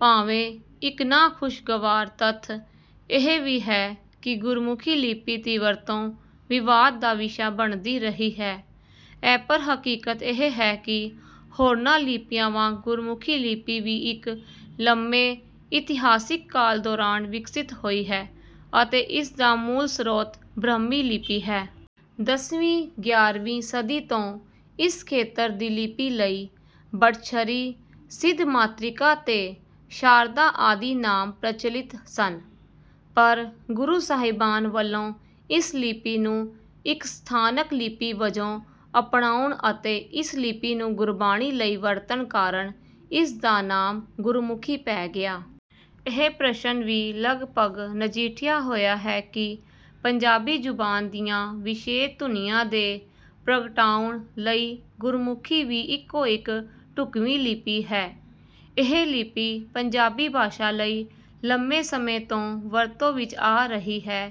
ਭਾਵੇਂ ਇੱਕ ਨਾ-ਖ਼ੁਸ਼ਗਵਾਰ ਤੱਥ ਇਹ ਵੀ ਹੈ ਕਿ ਗੁਰਮੁਖੀ ਲਿਪੀ ਦੀ ਵਰਤੋਂ ਵਿਵਾਦ ਦਾ ਵਿਸ਼ਾ ਬਣਦੀ ਰਹੀ ਹੈ, ਐਪਰ ਹਕੀਕਤ ਇਹ ਹੈ ਕਿ ਹੋਰਨਾਂ ਲਿਪੀਆਂ ਵਾਂਗ ਗੁਰਮੁਖੀ ਲਿਪੀ ਵੀ ਇੱਕ ਲੰਮੇ ਇਤਿਹਾਸਿਕ ਕਾਲ ਦੌਰਾਨ ਵਿਕਸਿਤ ਹੋਈ ਹੈ, ਅਤੇ ਇਸ ਦਾ ਮੂਲ ਸਰੋਤ ਬ੍ਰਹਮੀ ਲਿਪੀ ਹੈ। ਦਸਵੀਂ- ਗਿਆਰਵੀਂ ਸਦੀ ਤੋਂ ਇਸ ਖੇਤਰ ਦੀ ਲਿਪੀ ਲਈ ਭੱਟਛਰੀ, ਸਿੱਧ ਮਾਤ੍ਰਿਕਾ ਤੇ ਸ਼ਾਰਦਾ ਆਦਿ ਨਾਮ ਪ੍ਰਚਲਿਤ ਸਨ, ਪਰ ਗੁਰੂ ਸਾਹਿਬਾਨ ਵੱਲੋਂ ਇਸ ਲਿਪੀ ਨੂੰ ਇੱਕ ਸਥਾਨਕ ਲਿਪੀ ਵਜੋਂ ਅਪਣਾਉਣ ਅਤੇ ਇਸ ਲਿਪੀ ਨੂੰ ਗੁਰਬਾਣੀ ਲਈ ਵਰਤਣ ਕਾਰਨ, ਇਸ ਦਾ ਨਾਮ ਗੁਰਮੁਖੀ ਪੈ ਗਿਆ। ਇਹ ਪ੍ਰਸ਼ਨ ਵੀ ਲਗਪਗ ਨਜਿੱਠਿਆ ਹੋਇਆ ਹੈ ਕਿ ਪੰਜਾਬੀ ਜ਼ੁਬਾਨ ਦੀਆਂ ਵਿਸ਼ੇਸ਼ ਧੁਨੀਆਂ ਦੇ ਪ੍ਰਗਟਾਉਣ ਲਈ ਗੁਰਮੁਖੀ ਹੀ ਇੱਕੋ-ਇੱਕ ਢੁੱਕਵੀਂ ਲਿਪੀ ਹੈ। ਇਹ ਲਿਪੀ ਪੰਜਾਬੀ ਭਾਸ਼ਾ ਲਈ ਲੰਮੇ ਸਮੇਂ ਤੋਂ ਵਰਤੋਂ ਵਿੱਚ ਆ ਰਹੀ ਹੈ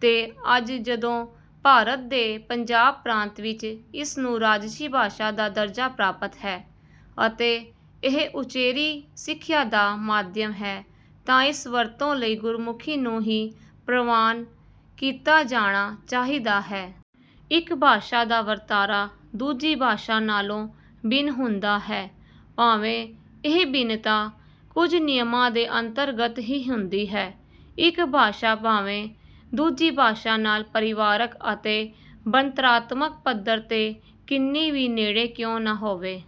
ਤੇ ਅੱਜ ਜਦੋਂ ਭਾਰਤ ਦੇ ਪੰਜਾਬ ਪ੍ਰਾਂਤ ਵਿੱਚ ਇਸ ਨੂੰ ਰਾਜਸੀ ਭਾਸ਼ਾ ਦਾ ਦਰਜਾ ਪ੍ਰਾਪਤ ਹੈ ਅਤੇ ਇਹ ਉਚੇਰੀ ਸਿੱਖਿਆ ਦਾ ਮਾਧਿਅਮ ਹੈ ਤਾਂ ਇਸ ਵਰਤੋਂ ਲਈ ਗੁਰਮੁਖੀ ਨੂੰ ਹੀ ਪ੍ਰਵਾਨ ਕੀਤਾ ਜਾਣਾ ਚਾਹੀਦਾ ਹੈ। ਇੱਕ ਭਾਸ਼ਾ ਦਾ ਵਰਤਾਰਾ ਦੂਜੀ ਭਾਸ਼ਾ ਨਾਲੋਂ ਭਿੰਨ ਹੁੰਦਾ ਹੈ। ਭਾਵੇਂ ਇਹ ਭਿੰਨਤਾ ਕੁਝ ਨਿਯਮਾਂ ਦੇ ਅੰਤਰਗਤ ਹੀ ਹੁੰਦੀ ਹੈ, ਇੱਕ ਭਾਸ਼ਾ ਭਾਵੇਂ ਦੂਜੀ ਭਾਸ਼ਾ ਨਾਲ ਪਰਿਵਾਰਕ ਅਤੇ ਬਣਤਰਾਤਮਕ ਪੱਧਰ 'ਤੇ ਕਿੰਨੀ ਵੀ ਨੇੜੇ ਕਿਉਂ ਨਾ ਹੋਵੇ।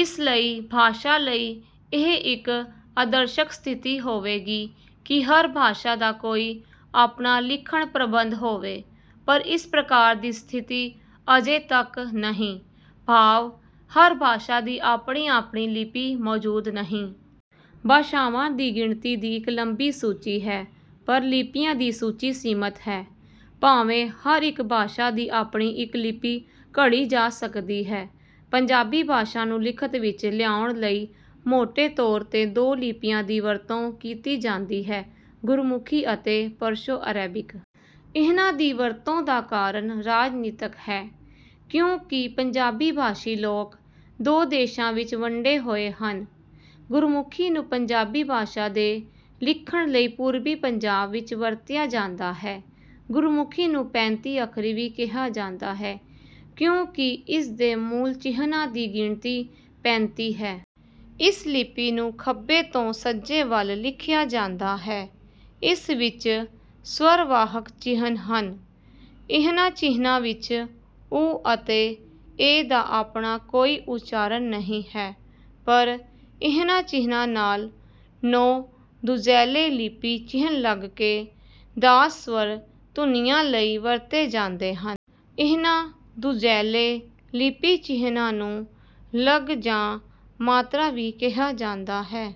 ਇਸ ਲਈ ਭਾਸ਼ਾ ਲਈ ਇਹ ਇੱਕ ਆਦਰਸ਼ਕ ਸਥਿਤੀ ਹੋਵੇਗੀ ਕਿ ਹਰ ਭਾਸ਼ਾ ਦਾ ਕੋਈ ਆਪਣਾ ਲਿਖਣ-ਪ੍ਰਬੰਧ ਹੋਵੇ, ਪਰ ਇਸ ਪ੍ਰਕਾਰ ਦੀ ਸਥਿਤੀ ਅਜੇ ਤੱਕ ਨਹੀਂ, ਭਾਵ, ਹਰ ਭਾਸ਼ਾ ਦੀ ਆਪਣੀ-ਆਪਣੀ ਲਿਪੀ ਮੌਜੂਦ ਨਹੀਂ। ਭਾਸ਼ਾਵਾਂ ਦੀ ਗਿਣਤੀ ਦੀ ਇੱਕ ਲੰਬੀ ਸੂਚੀ ਹੈ, ਪਰ ਲਿਪੀਆਂ ਦੀ ਸੂਚੀ ਸੀਮਤ ਹੈ। ਭਾਵੇਂ ਹਰ ਇੱਕ ਭਾਸ਼ਾ ਦੀ ਆਪਣੀ ਇੱਕ ਲਿਪੀ ਘੜੀ ਜਾ ਸਕਦੀ ਹੈ। ਪੰਜਾਬੀ ਭਾਸ਼ਾ ਨੂੰ ਲਿਖਤ ਵਿੱਚ ਲਿਆਉਣ ਲਈ ਮੋਟੇ ਤੌਰ 'ਤੇ ਦੋ ਲਿਪੀਆਂ ਦੀ ਵਰਤੋਂ ਕੀਤੀ ਜਾਂਦੀ ਹੈ: ਗੁਰਮੁਖੀ ਅਤੇ ਪਰਸ਼ੋ-ਅਰੈਬਿਕ। ਇਨ੍ਹਾਂ ਦੀ ਵਰਤੋਂ ਦਾ ਕਾਰਨ ਰਾਜਨੀਤਕ ਹੈ, ਕਿਉਂਕਿ ਪੰਜਾਬੀ ਭਾਸ਼ੀ ਲੋਕ ਦੋ ਦੇਸ਼ਾਂ ਵਿੱਚ ਵੰਡੇ ਹੋਏ ਹਨ। ਗੁਰਮੁਖੀ ਨੂੰ ਪੰਜਾਬੀ ਭਾਸ਼ਾ ਦੇ ਲਿਖਣ ਲਈ ਪੂਰਬੀ ਪੰਜਾਬ ਵਿੱਚ ਵਰਤਿਆ ਜਾਂਦਾ ਹੈ। ਗੁਰਮੁਖੀ ਨੂੰ ਪੈਂਤੀ ਅੱਖਰੀ ਵੀ ਕਿਹਾ ਜਾਂਦਾ ਹੈ, ਕਿਉਂਕਿ ਇਸ ਦੇ ਮੂਲ ਚਿੰਨ੍ਹਾਂ ਦੀ ਗਿਣਤੀ ਪੈਂਤੀ ਹੈ। ਇਸ ਲਿਪੀ ਨੂੰ ਖੱਬੇ ਤੋਂ ਸੱਜੇ ਵੱਲ ਲਿਖਿਆ ਜਾਂਦਾ ਹੈ। ਇਸ ਵਿੱਚ ਸ੍ਵਰ-ਵਾਹਕ ਚਿੰਨ੍ਹ ਹਨ। ਇਨ੍ਹਾਂ ਚਿੰਨ੍ਹਾਂ ਵਿੱਚ 'ੳ' ਅਤੇ 'ੲ' ਦਾ ਆਪਣਾ ਕੋਈ ਉਚਾਰਨ ਨਹੀਂ ਹੈ, ਪਰ ਇਨ੍ਹਾਂ ਚਿੰਨ੍ਹਾਂ ਨਾਲ ਨੌਂ ਦੂਜੈਲੇ ਲਿਪੀ ਚਿੰਨ੍ਹ ਲੱਗ ਕੇ ਦਾਸ ਸ੍ਵਰ ਧੁਨੀਆਂ ਲਈ ਵਰਤੇ ਜਾਂਦੇ ਹਨ। ਇਨ੍ਹਾਂ ਦੂਜੈਲੇ ਲਿਪੀ ਚਿੰਨ੍ਹਾਂ ਨੂੰ ਲਗ ਜਾਂ ਮਾਤਰਾ ਵੀ ਕਿਹਾ ਜਾਂਦਾ ਹੈ।